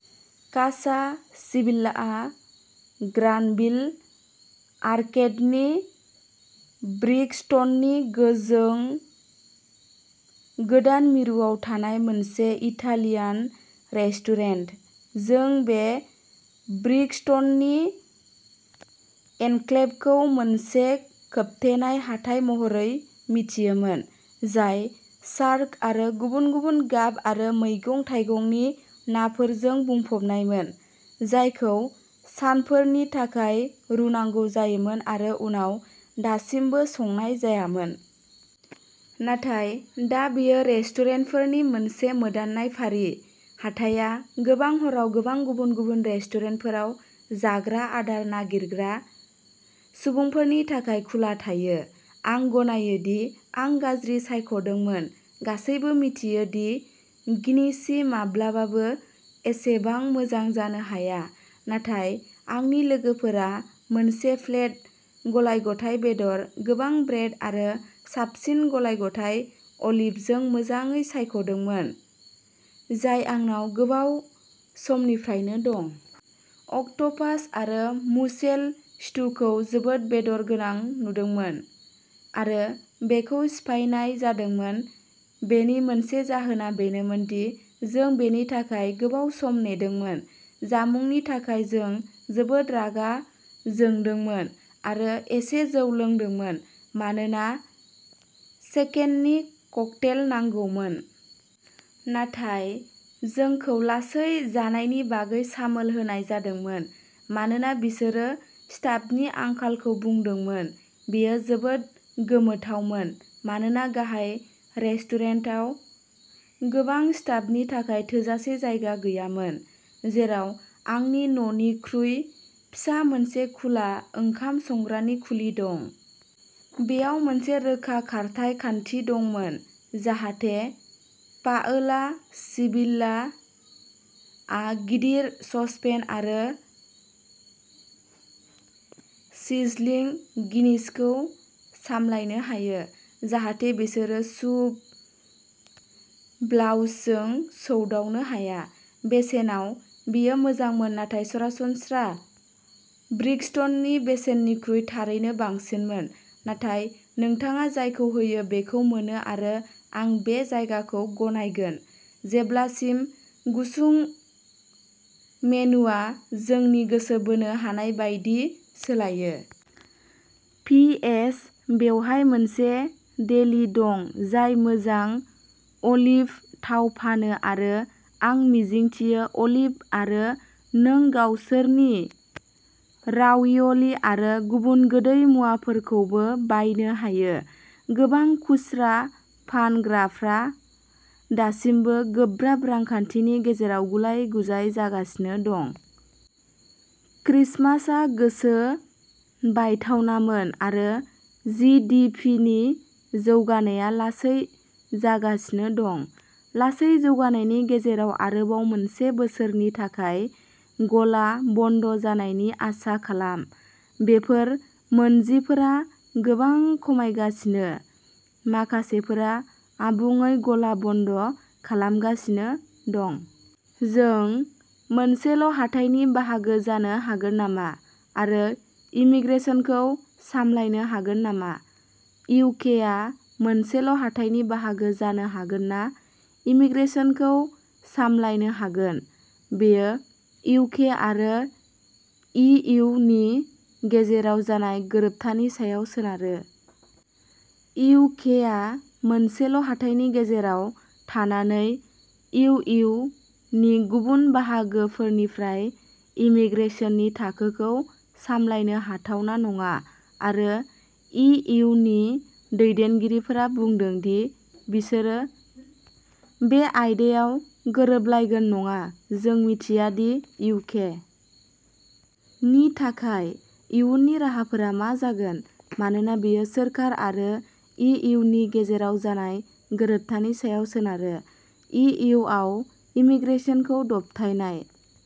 कासा सिबिल्लाआ ग्रानभिल आर्केडनि ब्रिक्सटननि गोजों गोदान मिरुआव थानाय मोनसे इटालियान रेस्टुरेन्ट। जों बे ब्रिक्सटननि एनक्लेभखौ मोनसे खोबथेनाय हाथाइ महरै मिथियोमोन, जाय शार्क आरो गुबुन-गुबुन गाब आरो मैगं-थाइगंनि नाफोरजों बुंफबनायमोन, जायखौ सानफोरनि थाखाय रुनांगौ जायोमोन आरो उनाव दासिमबो संनाय जायामोन। नाथाय दा बेयो रेस्टुरेन्टफोरनि मोनसे मोदाननाय फारि। हाथाइया गोबां हराव गोबां गुबुन-गुबुन रेस्टुरेन्टफोराव जाग्रा आदार नागिरग्रा सुबुंफोरनि थाखाय खुला थायो। आं गनायो दि आं गाज्रि सायख'दोंमोन-गासैबो मिथियो दि ग्नोचि माब्लाबाबो एसेबां मोजां जानो हाया-नाथाय आंनि लोगोफोरा मोनसे प्लेट गलाय-गथाय बेदर, गोबां ब्रेड आरो साबसिन गलाय-गथाय अलिभजों मोजाङै सायख'दोंमोन, जाय आंनाव गोबाव समनिफ्रायनो दं। अक्ट'पास आरो मुसेल स्टुखौ जोबोद बेदर गोनां नुदोंमोन आरो बेखौ सिफायनाय जादोंमोन। बेनि मोनसे जाहोना बेनोमोन दि जों बेनि थाखाय गोबाव सम नेदोंमोन। जामुंनि थाखाय जों जोबोद रागा जोंदोंमोन आरो एसे जौ लोंदोंमोन, मानोना सेकेन्दनि ककटेल नांगौमोन। नाथाय जोंखौ लासै जानायनि बागै सामोल होनाय जादोंमोन-मानोना बिसोरो स्टाफनि आंखालखौ बुंदोंमोन। बेयो जोबोद गोमोथावमोन मानोना गाहाय रेस्टुरेन्टाव गोबां स्टाफनि थाखाय थोजासे जायगा गैयामोन, जेराव आंनि न'निख्रुइ फिसा मोनसे खुला ओंखाम संग्रानि खुलि दं। बेयाव मोनसे रोखा खारथाइ खान्थि दंमोन जाहाथे पाओला सिबिल्ला आ गिदिर ससपेन आरो सिजलिंग ग्नोचिखौ सामलायनो हायो, जाहाथे बिसोरो सुप बाउल्सजों सौदावनो हाया। बेसेनाव बेयो मोजांमोन नाथाय सरासनस्रा ब्रिक्सटननि बेसेननिख्रुइ थारैनो बांसिनमोन, नाथाय नोंथाङा जायखौ होयो बेखौ मोनो आरो आं बे जायगाखौ गनायगोन, जेब्लासिम गुसुं मेनुआ जोंनि गोसो बोनो हानाय बायदि सोलायो। पि. एस. बेवहाय मोनसे डेली दं जाय मोजां अलिभ थाव फानो आरो आं मिजिंथियो अलिभ आरो नों गावसोरनि राविय'लि आरो गुबुन गोदै मुवाफोरखौबो बायनो हायो। गोबां खुस्रा फानग्राफ्रा दासिमबो गोब्राब रांखान्थिनि गेजेराव गुलाय-गुजाय जागासिनो दं। क्रिसमासआ गोसो बायथावनामोन आरो जि. डि. पि. नि जौगानाया लासै जागासिनो दं। लासै जौगानायनि गेजेराव आरोबाव मोनसे बोसोरनि थाखाय गला बन्द जानायनि आसा खालाम। बेफोर मोनजिफोरा गोबां खमायगासिनो; माखासेफोरा आबुङै गला बन्द खालामगासिनो दं। जों मोनसेल'हाथाइनि बाहागो जानो हागोन नामा आरो इमीग्रेसनखौ सामलायनो हागोन नामा? इउ. के. आ मोनसेल'हाथाइनि बाहागो जानो हागोन ना इमीग्रेसनखौ सामलायनो हागोन। बेयो इउ. के. आरो इ. इउ. नि गेजेराव जानाय गोरोबथानि सायाव सोनारो। इउ. के. आ मोनसेल'हाथाइनि गेजेराव थानानै इउ. इउ. नि गुबुन बाहागोफोरनिफ्राय इमीग्रेसननि थाखोखौ सामलायनो हाथावना नङा, आरो इ. इउ. नि दैदेनगिरिफोरा बुंदों दि बिसोरो बे आयदायाव गोरोबलायगोन नङा। जों मिथिया दि इउ. के. नि थाखाय इयुननि राहाफोरा मा जागोन मानोना बेयो सोरखार आरो इ. इउ. नि गेजेराव जानाय गोरोबथानि सायाव सोनारो। इ. इउ. आव इमीग्रेसनखौ दबथायनाय।